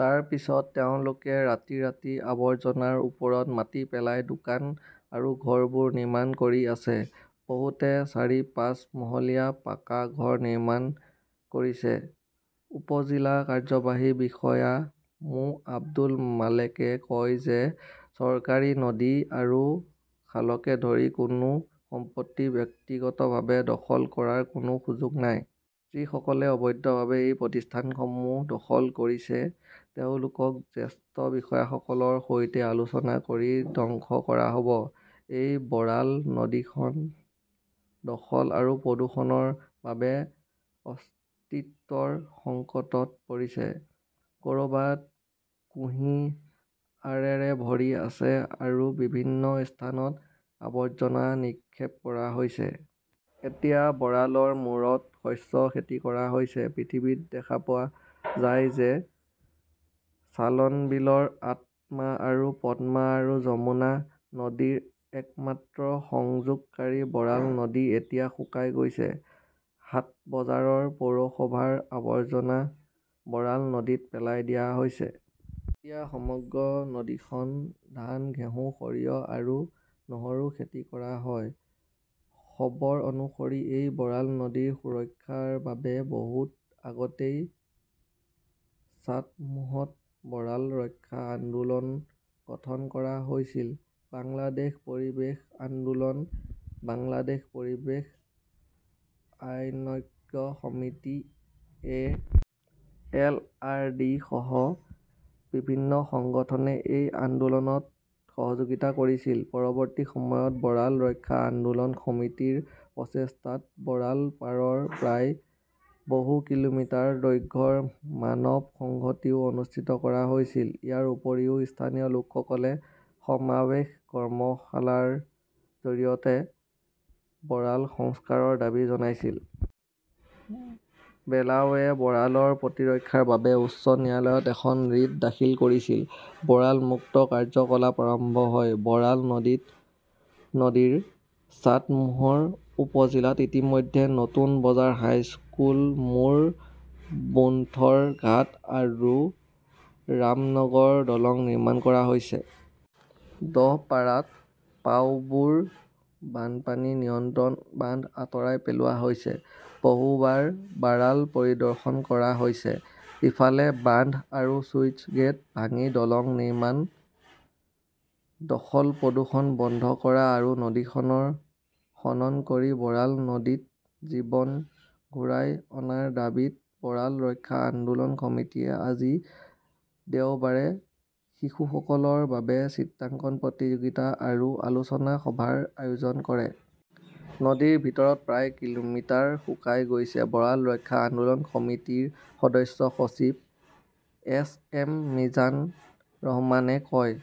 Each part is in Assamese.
তাৰ পিছত তেওঁলোকে ৰাতিৰাতি আৱৰ্জনাৰ ওপৰত মাটি পেলাই দোকান আৰু ঘৰবোৰ নিৰ্মাণ কৰি আছে। বহুতে চাৰি-পাঁচ মহলীয়া পাকা ঘৰ নিৰ্মাণ কৰিছে। উপ-জিলা কাৰ্যবাহী বিষয়া মো. আব্দুল মালেকে কয় যে চৰকাৰী নদী আৰু খালকে ধৰি কোনো সম্পত্তি ব্যক্তিগতভাৱে দখল কৰাৰ কোনো সুযোগ নাই। যিসকলে অবৈধভাৱে এই প্ৰতিষ্ঠানসমূহ দখল কৰিছে তেওঁলোকক জ্যেষ্ঠ বিষয়াসকলৰ সৈতে আলোচনা কৰি ধ্বংস কৰা হ'ব। এই বৰাল নদীখন দখল আৰু প্ৰদূষণৰ বাবে অস্তিত্বৰ সংকটত পৰিছে। ক'ৰবাত কুঁহিয়াৰেৰে ভৰি আছে আৰু বিভিন্ন স্থানত আৱৰ্জনা নিক্ষেপ কৰা হৈছে। এতিয়া বৰালৰ মূৰত শস্য খেতি কৰা হৈছে। পৃথিৱীত দেখা পোৱা যায় যে চলানবিলৰ আত্মা আৰু পদ্মা আৰু যমুনা নদীৰ একমাত্ৰ সংযোগকাৰী বৰাল নদী এতিয়া শুকাই গৈছে। হাট-বজাৰৰ, পৌৰসভাৰ আৱৰ্জনা বৰাল নদীত পেলাই দিয়া হৈছে। এতিয়া সমগ্ৰ নদীখনত ধান, ঘেঁহু, সৰিয়হ আৰু নহৰু খেতি কৰা হয়। খবৰ অনুসৰি এই বৰাল নদীৰ সুৰক্ষাৰ বাবে বহুত আগতেই চাটমোহত বৰাল ৰক্ষা আন্দোলন গঠন কৰা হৈছিল। বাংলাদেশ পৰিৱেশ আন্দোলন, বাংলাদেশ পৰিৱেশ আইনজ্ঞ সমিতি, এ. এল. আৰ. ডি. সহ বিভিন্ন সংগঠনে এই আন্দোলনত সহযোগিতা কৰিছিল। পৰৱৰ্তী সময়ত বৰাল ৰক্ষা আন্দোলন সমিতিৰ প্ৰচেষ্টাত বৰাল পাৰৰ পৰা প্ৰায় বহু কিলোমিটাৰ দৈৰ্ঘ্যৰ মানৱ সংহতিও অনুষ্ঠিত কৰা হৈছিল। ইয়াৰ উপৰিও, স্থানীয় লোকসকলে সমাৱেশ, কৰ্মশালাৰ জৰিয়তে বৰালৰ সংস্কাৰৰ দাবী জনাইছিল। বেলাৱে বৰালৰ প্ৰতিৰক্ষাৰ বাবে উচ্চ ন্যায়ালয়ত এখন ৰিট দাখিল কৰিছিল। বৰাল মুক্ত কাৰ্যকলাপ আৰম্ভ হয়। বৰাল নদীৰ চাটমোহৰ উপ জিলাত ইতিমধ্যে নতুন বজাৰ হাইস্কুল মোৰ বোন্থৰ ঘাট আৰু ৰামনগৰ দলং নিৰ্মাণ কৰা হৈছে। দহপাৰাত পাউবোৰ বানপানী নিয়ন্ত্ৰণ বান্ধ আঁতৰাই পেলোৱা হৈছে। বহুবাৰ বাৰাল পৰিদৰ্শন কৰা হৈছে। ইফালে, বান্ধ আৰু শ্লুইচ গেট ভাঙি দলং নিৰ্মাণ, দখল-প্ৰদূষণ বন্ধ কৰা আৰু নদীখনৰ খনন কৰি বৰাল নদীত জীৱন ঘূৰাই অনাৰ দাবীত বৰাল ৰক্ষা আন্দোলন সমিতিয়ে আজি দেওবাৰে শিশুসকলৰ বাবে চিত্ৰাংকন প্ৰতিযোগিতা আৰু আলোচনা সভাৰ আয়োজন কৰে। নদীৰ ভিতৰত প্ৰায় কিলোমিটাৰ শুকাই গৈছে, বৰাল ৰক্ষা আন্দোলন সমিতিৰ সদস্য সচিব এছ এম মিজান ৰহমানে কয়।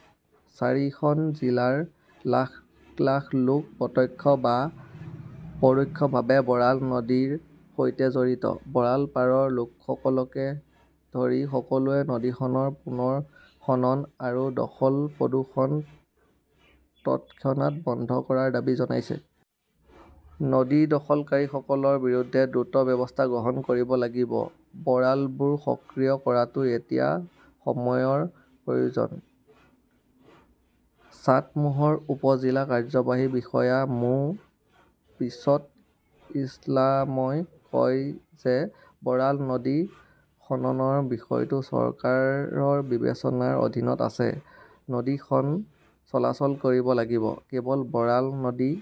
চাৰিখন জিলাৰ লাখ লাখ লোক প্ৰত্যক্ষ বা পৰোক্ষভাৱে বৰাল নদীৰ সৈতে জড়িত। বৰাল পাৰৰ লোকসকলকে ধৰি সকলোৱে নদীখনৰ পুনৰ খনন আৰু দখল-প্ৰদূষণ তৎক্ষণাত বন্ধ কৰাৰ দাবী জনাইছে। নদী দখলকাৰীসকলৰ বিৰুদ্ধে দ্ৰুত ব্যৱস্থা গ্ৰহণ কৰিব লাগিব। বৰালবোৰ সক্ৰিয় কৰাটো এতিয়া সময়ৰ প্ৰয়োজন। চাটমোহৰ উপ-জিলা কাৰ্যবাহী বিষয়া মো. বিচট ইছলামই কয় যে বৰাল নদী খননৰ বিষয়টো চৰকাৰৰ বিবেচনাৰ অধীনত আছে। নদীখন চলাচল কৰিব লাগিব। কেৱল বৰাল নদী